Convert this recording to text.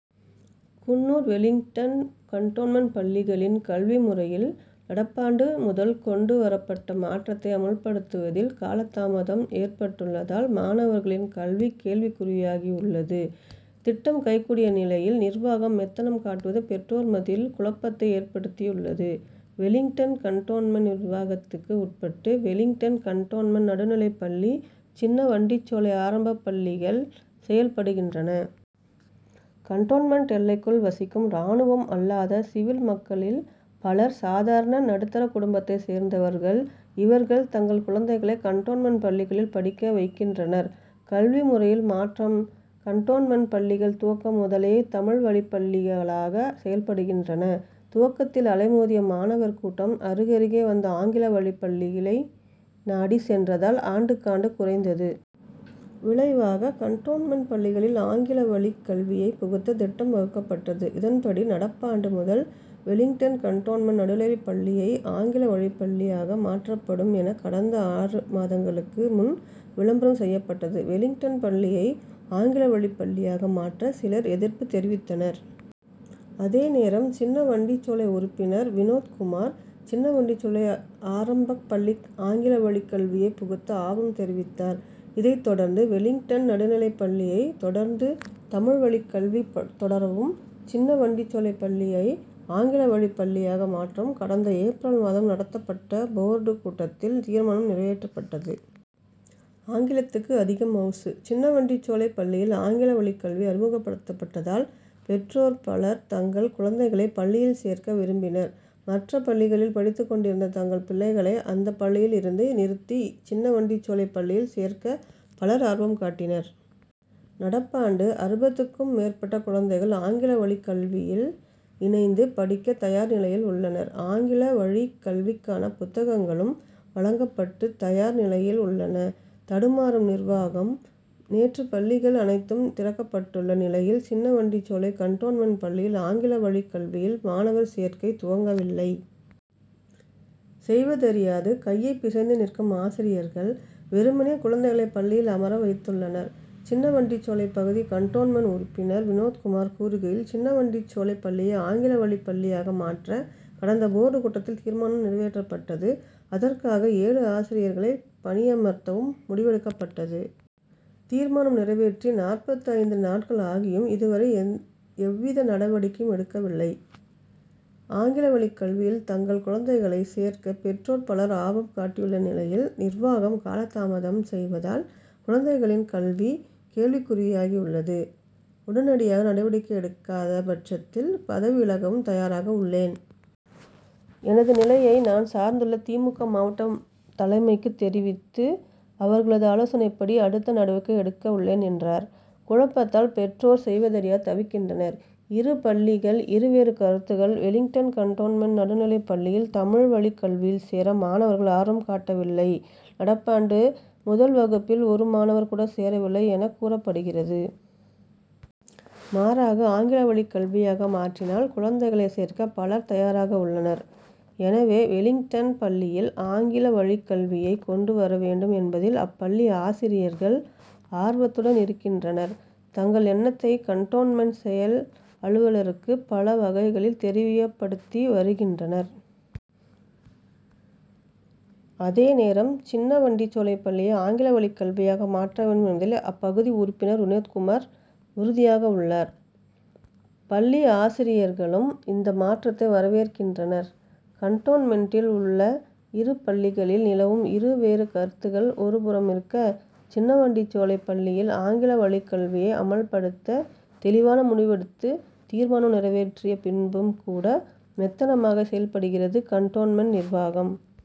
Coonoor Wellington cantonment பள்ளிகளின் கல்வி முறையில், நடப்பாண்டு முதல் கொண்டு வரப்பட்ட மாற்றத்தை அமல்படுத்துவதில் காலதாமதம் ஏற்பட்டுள்ளதால், மாணவர்களின் கல்வி கேள்விக்குறியாகியுள்ளது திட்டம் கை கூடிய நிலையில், நிர்வாகம் மெத்தனம் காட்டுவது பெற்றோர் மத்தியில் குழப்பத்தை ஏற்படுத்தியுள்ளது. வெலிங்டன் கன்டோன்மென்ட் நிர்வாகத்துக்கு உட்பட்டு, வெலிங்டன் கன்டோன்மென்ட் நடுநிலைப் பள்ளி, சின்ன வண்டிச்சோலை ஆரம்பப் பள்ளிகள் செயல்படுகின்றன. கன்டோன்மென்ட் எல்லைக்குள் வசிக்கும் ராணுவம் அல்லாத சிவில் மக்களில் பலர் சாதாரண, நடுத்தர குடும்பத்தை சேர்ந்தவர்கள் இவர்கள் தங்கள் குழந்தைகளை கன்டோன்மென்ட் பள்ளிகளில் படிக்க வைக்கின்றனர். கல்வி முறையில் மாற்றம் கன்டோன்மென்ட் பள்ளிகள் துவக்கம் முதலே தமிழ் வழிப்பள்ளிகளாக செயல்படுகின்றன துவக்கத்தில் அலைமோதிய மாணவர் கூட்டம், அருகருகே வந்த ஆங்கில வழிப்பள்ளிகளை நாடி சென்றதால் ஆண்டுக்காண்டு குறைந்தது. விளைவாக, கன்டோன்மென்ட் பள்ளிகளில் ஆங்கில வழிக் கல்வியை புகுத்த திட்டம் வகுக்கப்பட்டது இதன்படி, நடப்பாண்டு முதல் வெலிங்டன் கன்டோன்மென்ட் நடுநிலைப் பள்ளியை ஆங்கில வழிப்பள்ளியாக மாற்றப்படும் என கடந்த ஆறு மாதங்களுக்கு முன் விளம்பரம் செய்யப்பட்டது. வெலிங்டன் பள்ளியை ஆங்கில வழிப்பள்ளியாக மாற்ற, சிலர் எதிர்ப்பு தெரிவித்தனர். அதே நேரம், சின்ன வண்டிச்சோலை உறுப்பினர் வினோத்குமார், சின்ன வண்டிச்சோலை ஆரம்பப் பள்ளியில் ஆங்கில வழி கல்வியை புகுத்த ஆர்வம் தெரிவித்தார். இதைத் தொடர்ந்து, வெலிங்டன் நடுநிலைப் பள்ளியை, தொடர்ந்து தமிழ் வழிக் கல்வியில் தொடரவும், சின்ன வண்டிச்சோலை பள்ளியை ஆங்கில வழிப் பள்ளியாக மாற்றவும், கடந்த ஏப்ரல் மாதம் நடத்தப்பட்ட போர்டு கூட்டத்தில் தீர்மானம் நிறைவேற்றப்பட்டது. ஆங்கிலத்துக்கு அதிக மவுசு சின்ன வண்டிச்சோலை பள்ளியில் ஆங்கில வழிக் கல்வி அறிமுகப்படுத்தப்பட்டதால், பெற்றோர் பலர் தங்கள் குழந்தைகளை பள்ளியில் சேர்க்க விரும்பினர் மற்ற பள்ளிகளில் படித்துக் கொண்டிருந்த தங்கள் பிள்ளைகளை, அந்த பள்ளியில் இருந்து நிறுத்தி, சின்ன வண்டிச்சோலை பள்ளியில் சேர்க்க பலர் ஆர்வம் காட்டினர். நடப்பாண்டு, அறுபதுக்கும் மேற்பட்ட குழந்தைகள் ஆங்கில வழிக் கல்வியில் இணைந்து படிக்க தயார் நிலையில் உள்ளனர். ஆங்கில வழிக் கல்விக்கான புத்தகங்களும் வாங்கப்பட்டு தயார் நிலையில் உள்ளன. தடுமாறும் நிர்வாகம் நேற்று பள்ளிகள் அனைத்தும் திறக்கப்பட்டுள்ள நிலையில், சின்ன வண்டிச்சோலை கன்டோன்மென்ட் பள்ளியில் ஆங்கில வழிக் கல்வியில் மாணவர் சேர்க்கை துவங்கவில்லை. செய்வதறியாது கையை பிசைந்து நிற்கும் ஆசிரியர்கள், வெறுமனே குழந்தைகளை பள்ளியில் அமர வைத்துள்ளனர். சின்ன வண்டிச்சோலை பகுதி கன்டோன்மென்ட் உறுப்பினர் வினோத்குமார் கூறுகையில், சின்ன வண்டிச்சோலை பள்ளியை ஆங்கில வழிப் பள்ளியாக மாற்ற, கடந்த போர்டு கூட்டத்தில் தீர்மானம் நிறைவேற்றப்பட்டது அதற்காக ஏழு ஆசிரியர்களை பணியமர்த்தவும் முடிவெடுக்கப்பட்டது. தீர்மானம் நிறைவேற்றி நாற்பத்து ஐந்து நாட்கள் ஆகியும், இதுவரை எவ்வித நடவடிக்கையும் எடுக்கவில்லை. ஆங்கில வழிக் கல்வியில் தங்கள் குழந்தைகளை சேர்க்க பெற்றோர் பலர் ஆர்வம் காட்டியுள்ள நிலையில், நிர்வாகம் காலதாமதம் செய்வதால், குழந்தைகளின் கல்வி, கேள்விக் குறியாகியுள்ளது. உடனடியாக நடவடிக்கை எடுக்காத பட்சத்தில், பதவி விலகவும் தயாராக உள்ளேன். எனது நிலையை நான் சார்ந்துள்ள தி. மு. க., மாவட்ட தலைமைக்கு தெரிவித்து, அவர்களது ஆலோசனைப்படி அடுத்த நடவடிக்கை எடுக்க உள்ளேன் என்றார். குழப்பத்தால், பெற்றோர் செய்வதறியாது தவிக்கின்றனர். இரு பள்ளிகள்இரு வேறு கருத்துகள் வெலிங்டன் கன்டோன்மென்ட் நடுநிலைப் பள்ளியில், தமிழ் வழிக் கல்வியில் சேர மாணவர்கள் ஆர்வம் காட்டவில்லை நடப்பாண்டு, முதல் வகுப்பில் ஒரு மாணவர் கூட சேரவில்லை எனக் கூறப்படுகிறது. மாறாக, ஆங்கில வழிக் கல்வியாக மாற்றினால் குழந்தைகளை சேர்க்க பலர் தயாராக உள்ளனர். எனவே, வெலிங்டன் பள்ளியில் ஆங்கில வழிக் கல்வியை கொண்டு வர வேண்டும் என்பதில் அப்பள்ளி ஆசிரியர்கள் ஆர்வத்துடன் இருக்கின்றனர் தங்கள் எண்ணத்தை கன்டோன்மென்ட் செயல் அலுவலருக்கு பல வகைகளில் தெரியப்படுத்தி வருகின்றனர். அதே நேரம், சின்ன வண்டிச்சோலை பள்ளியை ஆங்கில வழிக் கல்வியாக மாற்ற வேண்டும் என்பதில் அப்பகுதி உறுப்பினர் வினோத்குமார் உறுதியாக உள்ளார். பள்ளி ஆசிரியர்களும் இந்த மாற்றத்தை வரவேற்கின்றனர். கன்டோன்மென்ட்டில் உள்ள இரு பள்ளிகளில் நிலவும் இரு வேறு கருத்துகள் ஒரு புறமிருக்க, சின்ன வண்டிச்சோலை பள்ளியில் ஆங்கில வழிக் கல்வியை அமல்படுத்த தெளிவான முடிவெடுத்து, தீர்மானம் நிறைவேற்றிய பின்பும் கூட, மெத்தனமாக செயல்படுகிறது கன்டோன்மென்ட் நிர்வாகம்.